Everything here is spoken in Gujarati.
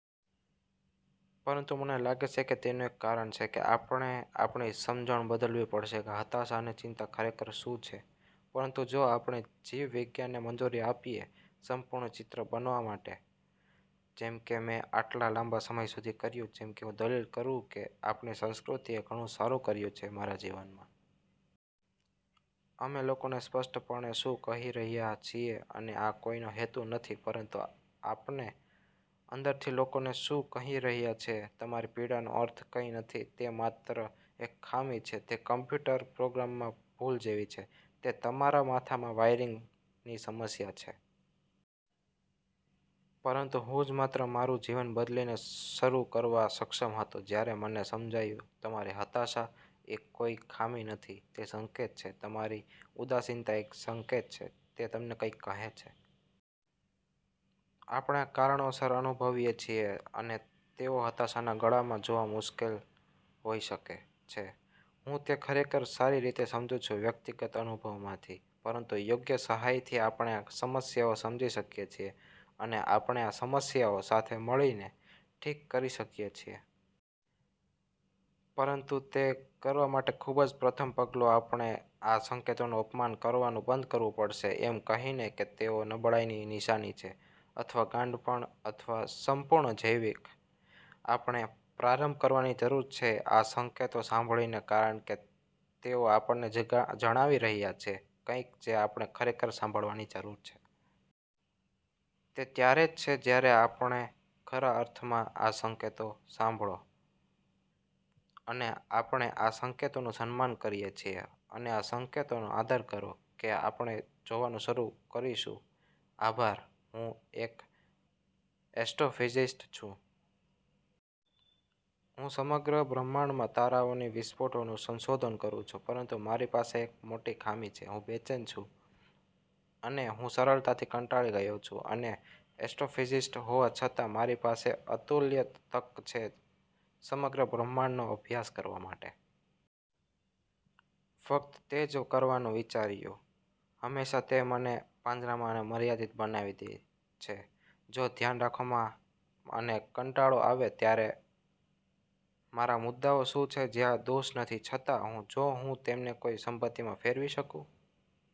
પરંતુ મને લાગે છે કે તેનું એક કારણ છે કે આપણે આપણી સમજણ બદલવી પડશે કે હતાશા અને ચિંતા ખરેખર શું છે. પરંતુ જો આપણે જીવ વિજ્ઞાનને મંજૂરી આપીએ સંપૂર્ણ ચિત્ર બનવા માટે, જેમ કે મેં આટલા લાંબા સમય સુધી કર્યું, જેમ કે હું દલીલ કરું કે આપણી સંસ્કૃતિએ ઘણું સારું કર્યું છે મારા જીવનમાં. અમે લોકોને સ્પષ્ટપણે શું કહી રહ્યા છીએ છે અને આ કોઈનો હેતુ નથી, પરંતુ આપને અંદરથી લોકોને શું કહી રહ્યા છીએ, "તમારી પીડા નો અર્થ કંઈ નથી. તે માત્ર એક ખામી છે. તે કમ્પ્યુટર પ્રોગ્રામમાં ભૂલ જેવી છે, તે તમારા માથામાં વાયરિંગની સમસ્યા છે." પરંતુ હું જ માત્ર મારું જીવન બદલીને શરૂ કરવા સક્ષમ હતો જ્યારે મને સમજાયું તમારી હતાશા એ કોઈ ખામી નથી. તે સંકેત છે. તમારી ઉદાસીનતા એ સંકેત છે. તે તમને કંઈક કહે છે. આપણે આ કારણોસર અનુભવીએ છીએ, અને તેઓ હતાશાના ગળામાં જોવા મુશ્કેલ હોઈ શકે છે. હું તે ખરેખર સારી રીતે સમજું છું વ્યક્તિગત અનુભવ માંથી. પરંતુ યોગ્ય સહાયથી આપણે આ સમસ્યાઓ સમજી શકીએ છીએ અને આપણે આ સમસ્યાઓ સાથે મળીને ઠીક કરી શકીએ છીએ. પરંતુ તે કરવા માટે ખૂબ જ પ્રથમ પગલું આપણે આ સંકેતોનું અપમાન કરવાનું બંધ કરવું પડશે એમ કહીને કે તેઓ નબળાઇની નિશાની છે અથવા ગાંડપણ અથવા સંપૂર્ણ જૈવિક. આપણે પ્રારંભ કરવાની જરૂર છે આ સંકેતો સાંભળીને કારણ કે તેઓ આપણને જણાવી રહ્યાં છે કંઈક જે આપણે ખરેખર સાંભળવાની જરૂર છે. તે ત્યારે જ છે જ્યારે આપણે ખરા અર્થમાં આ સંકેતો સાંભળો, અને આપણે આ સંકેતોનું સન્માન કરીએ છીએ અને આ સંકેતોનો આદર કરો, કે આપણે જોવાનું શરૂ કરીશું. આભાર. હું એક એસ્ટ્રોફિઝિસ્ટ છું. હું સમગ્ર બ્રહ્માંડમાં તારાઓની વિસ્ફોટોનું સંશોધન કરું છું. પરંતુ મારી પાસે એક ખામી છે. હું બેચેન છું, અને હું સરળતાથી કંટાળી ગયો છું. અને એસ્ટ્રોફિઝિસ્ટ હોવા છતાં મારી પાસે અતુલ્ય તક છે સમગ્ર બ્રહ્માંડનો અભ્યાસ કરવા માટે. ફક્ત તે જ કરવાનું વિચાર્યું. હંમેશાં તે મને પાંજરામાં અને મર્યાદિત બનાવી દે છે. જો ધ્યાન રાખવામાં અને કંટાળો આવે ત્યારે મારા મુદ્દાઓ શું છે જ્યાં દોષ નથી, છતાં? જો હું તેમને કોઈ સંપત્તિમાં ફેરવી શકું?